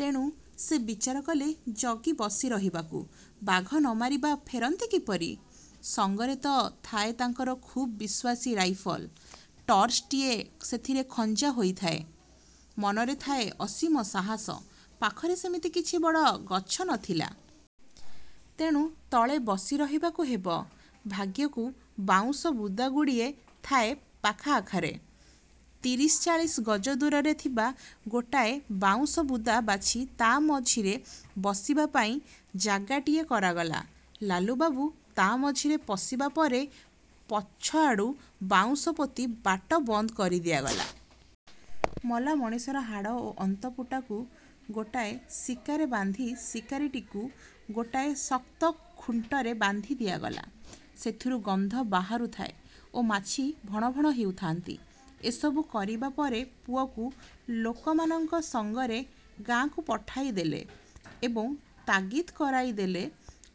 ତେଣୁ ସେ ବିଚାରକଲେ ଜଗି ବସି ରହିବାକୁ। ବାଘ ନ ମାରି ବା ଫେରନ୍ତେ କିପରି! ସଙ୍ଗରେ ତ ଥାଏ ତାଙ୍କର ଖୁବ୍ ବିଶ୍ୱାସୀ ରାଇଫଲ। ଟର୍ଚ୍ଚଟିଏ ସେଥିରେ ଖଞ୍ଜା ହୋଇଥାଏ। ମନରେ ଥାଏ ଅସୀମ ସାହସ। ପାଖରେ ସେମିତି କିଛି ବଡ଼ ଗଛ ନଥିଲା। ତେଣୁ ତଳେ ବସି ରହିବାକୁ ହେବ। ଭାଗ୍ୟକୁ ବାଉଁଶ ବୁଦାଗୁଡ଼ିଏ ଥାଏ ପାଖ ଆଖରେ। ତିରିଶ ଚାଳିଶ ଗଜ ଦୂରରେ ଥିବା ଗୋଟାଏ ବାଉଁଶ ବୁଦା ବାଛି ତା' ମଝିରେ ବସିବା ପାଇଁ ଜାଗାଟିଏ କରାଗଲା। ଲାଲୁବାବୁ ତା' ମଝିରେ ପଶିବା ପରେ ପଛଆଡ଼ୁ ବାଉଁଶ ପୋତି ବାଟ ବନ୍ଦ କରି ଦିଆଗଲା। ମଲା ମଣିଷର ହାଡ଼ ଓ ଅନ୍ତପୁଟାକୁ ଗୋଟାଏ ଶିକାରେ ବାନ୍ଧି ଶିକାଟିକୁ ଗୋଟାଏ ଶକ୍ତ ଖୁଣ୍ଟରେ ବାନ୍ଧି ଦିଆଗଲା-। ସେଥିରୁ ଗନ୍ଧ ବାହାରୁଥାଏ ଓ ମାଛି ଭଣ ଭଣ ହେଉଥାଆନ୍ତି। ଏସବୁ କରିବା ପରେ ପୁଅକୁ ଲୋକମାନଙ୍କ ସଙ୍ଗରେ ଗାଁକୁ ପଠାଇଦେଲେ ଏବଂ ତାଗିଦ କରାଇଦେଲେ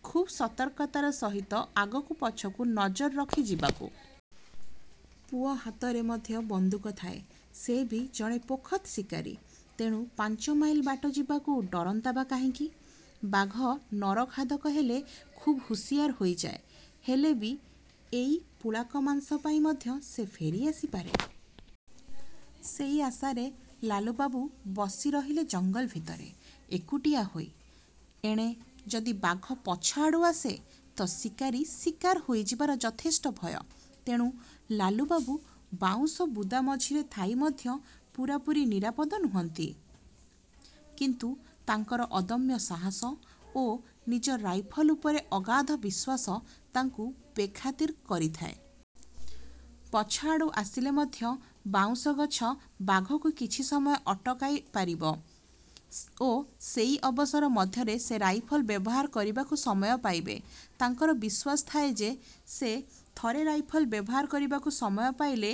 ଖୁବ୍ ସତର୍କତାର ସହିତ ଆଗକୁ ପଛକୁ ନଜର ରଖି ଯିବାକୁ। ପୁଅ ହାତରେ ମଧ୍ୟ ବନ୍ଧୁକ ଥାଏ। ସେ ବି ଜଣେ ପୋଖତ ଶିକାରୀ। ତେଣୁ ପାଞ୍ଚ ମାଇଲ ବାଟ ଯିବାକୁ ଡରନ୍ତା ବା କାହିଁକି! ବାଘ ନରଖାଦକ ହେଲେ ଖୁବ୍ ହୁସିଆର ହୋଇଯାଏ-ହେଲେ ବି ଏଇ ପୁଳାକ ମାଂସ ପାଇଁ ମଧ୍ୟ ସେ ଫେରି ଆସିପାରେ। ସେଇ ଆାଶାରେ ଲାଲୁବାବୁ ବସି ରହିଲେ ଜଙ୍ଗଲ ଭିତରେ, ଏକୁଟିଆ ହୋଇ। ଏଣେ ଯଦି ବାଘ ପଛଆଡ଼ୁ ଆସେ ତ ଶିକାରୀ ଶିକାର ହୋଇଯିବାର ଯଥେଷ୍ଟ ଭୟ। ତେଣୁ ଲାଲୁବାବୁ ବାଉଁଶ ବୁଦା ମଝିରେ ଥାଇ ମଧ୍ୟ ପୂରାପୂରି ନିରାପଦ ନୁହନ୍ତି। କିନ୍ତୁ ତାଙ୍କର ଅଦମ୍ୟ ସାହସ ଓ ନିଜ ରାଇଫଲ ଉପରେ ଅଗାଧ ବିଶ୍ୱାସ ତାଙ୍କୁ ବେଖାତିର କରିଥାଏ। ପଛ ଆଡ଼ୁ ଆସିଲେ ମଧ୍ୟ ବାଉଁଶ ଗଛ ବାଘକୁ କିଛି ସମୟ ଅଟକାଇ ପାରିବ ଓ ସେଇ ଅବସର ମଧ୍ୟରେ ସେ ରାଇଫଲ ବ୍ୟବହାର କରିବାକୁ ସମୟ ପାଇବେ। ତାଙ୍କର ବିଶ୍ୱାସ ଥାଏ ଯେ, ସେ ଥରେ ରାଇଫଲ ବ୍ୟବହାର କରିବାକୁ ସମୟ ପାଇଲେ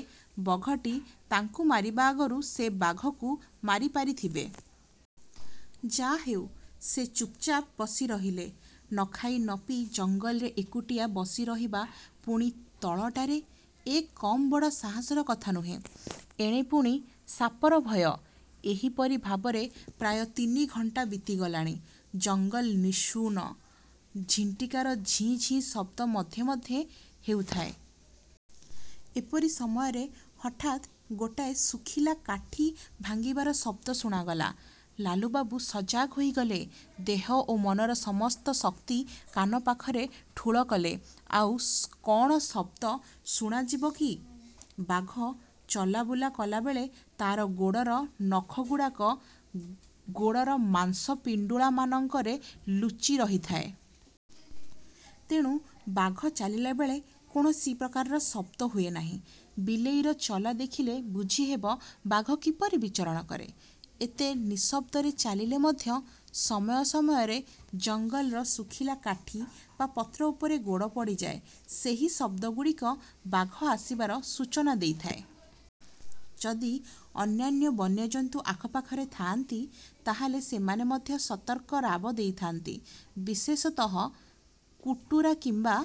ବଘଟି ତାଙ୍କୁ ମାରିବା ଆଗରୁ ସେ ବାଘକୁ ମାରିପାରିଥିବେ। ଯାହାହେଉ ସେ ଚୁପ୍ଚାପ୍ ବସି ରହିଲେ। ନଖାଇ ନପିଇ ଜଙ୍ଗଲରେ ଏକୁଟିଆ ବସିରହିବା, ପୁଣି ତଳଟାରେ-ଏ କମ୍ ବଡ଼ ସାହସର କଥା ନୁହେଁ। ଏଣେ ପୁଣି ସାପର ଭୟ। ଏହିପରି ଭାବରେ ପ୍ରାୟ ତିନି ଘଣ୍ଟା ବିତିଗଲାଣି। ଜଙ୍ଗଲ ନିଶୁନ। ଝିଣ୍ଟିକାର ଝିଁ ଝିଁ ଶବ୍ଦ ମଧ୍ୟେ ମଧ୍ୟେ ହେଉଥାଏ। ଏପରି ସମୟରେ ହଠାତ୍ ଗୋଟାଏ ଶୁଖିଲା କାଠି ଭାଙ୍ଗିବାର ଶବ୍ଦ ଶୁଣାଗଲା। ଲାଲୁବାବୁ ସଜାଗ ହୋଇଗଲେ। ଦେହ ଓ ମନର ସମସ୍ତ ଶକ୍ତି କାନ ପାଖରେ ଠୁଳ କଲେ-ଆଉ କ'ଣ ଶବ୍ଦ ଶୁଣାଯିବ କି! ବାଘ ଚଲାବୁଲା କଲାବେଳେ ତା'ର ଗୋଡ଼ର ନଖଗୁଡ଼ାକ ଗୋଡ଼ର ମାଂସ ପିଣ୍ଡୁଳାମାନଙ୍କରେ ଲୁଚି ରହିଥାଏ। ତେଣୁ ବାଘ ଚାଲିଳା ବେଳେ କୌଣସି ପ୍ରକାର ଶବ୍ଦ ହୁଏ ନାହିଁ। ବିଲେଇର ଚଲା ଦେଖିଲେ ବୁଝିହେବ ବାଘ କିପରି ବିଚରଣ କରେ। ଏତେ ନିଃଶବ୍ଦରେ ଚାଲିଲେ ମଧ୍ୟ ସମୟ ସମୟରେ ଜଙ୍ଗଲର ଶୁଖିଲା କାଠି ବା ପତ୍ର ଉପରେ ଗୋଡ଼ ପଡ଼ିଯାଏ। ସେଇ ଶବ୍ଦଗୁଡ଼ିକ ବାଘ ଆସିବାର ସୂଚନା ଦେଇଥାଏ। ଯଦି ଅନ୍ୟାନ୍ୟ ବନ୍ୟଜନ୍ତୁ ଆଖ ପାଖରେ ଥାଆନ୍ତି ତାହାହେଲେ ସେମାନେ ମଧ୍ୟ ସତର୍କ ରାବ ଦେଇଥାନ୍ତି। ବିଶେଷତଃ କୁଟୁରା କିମ୍ବା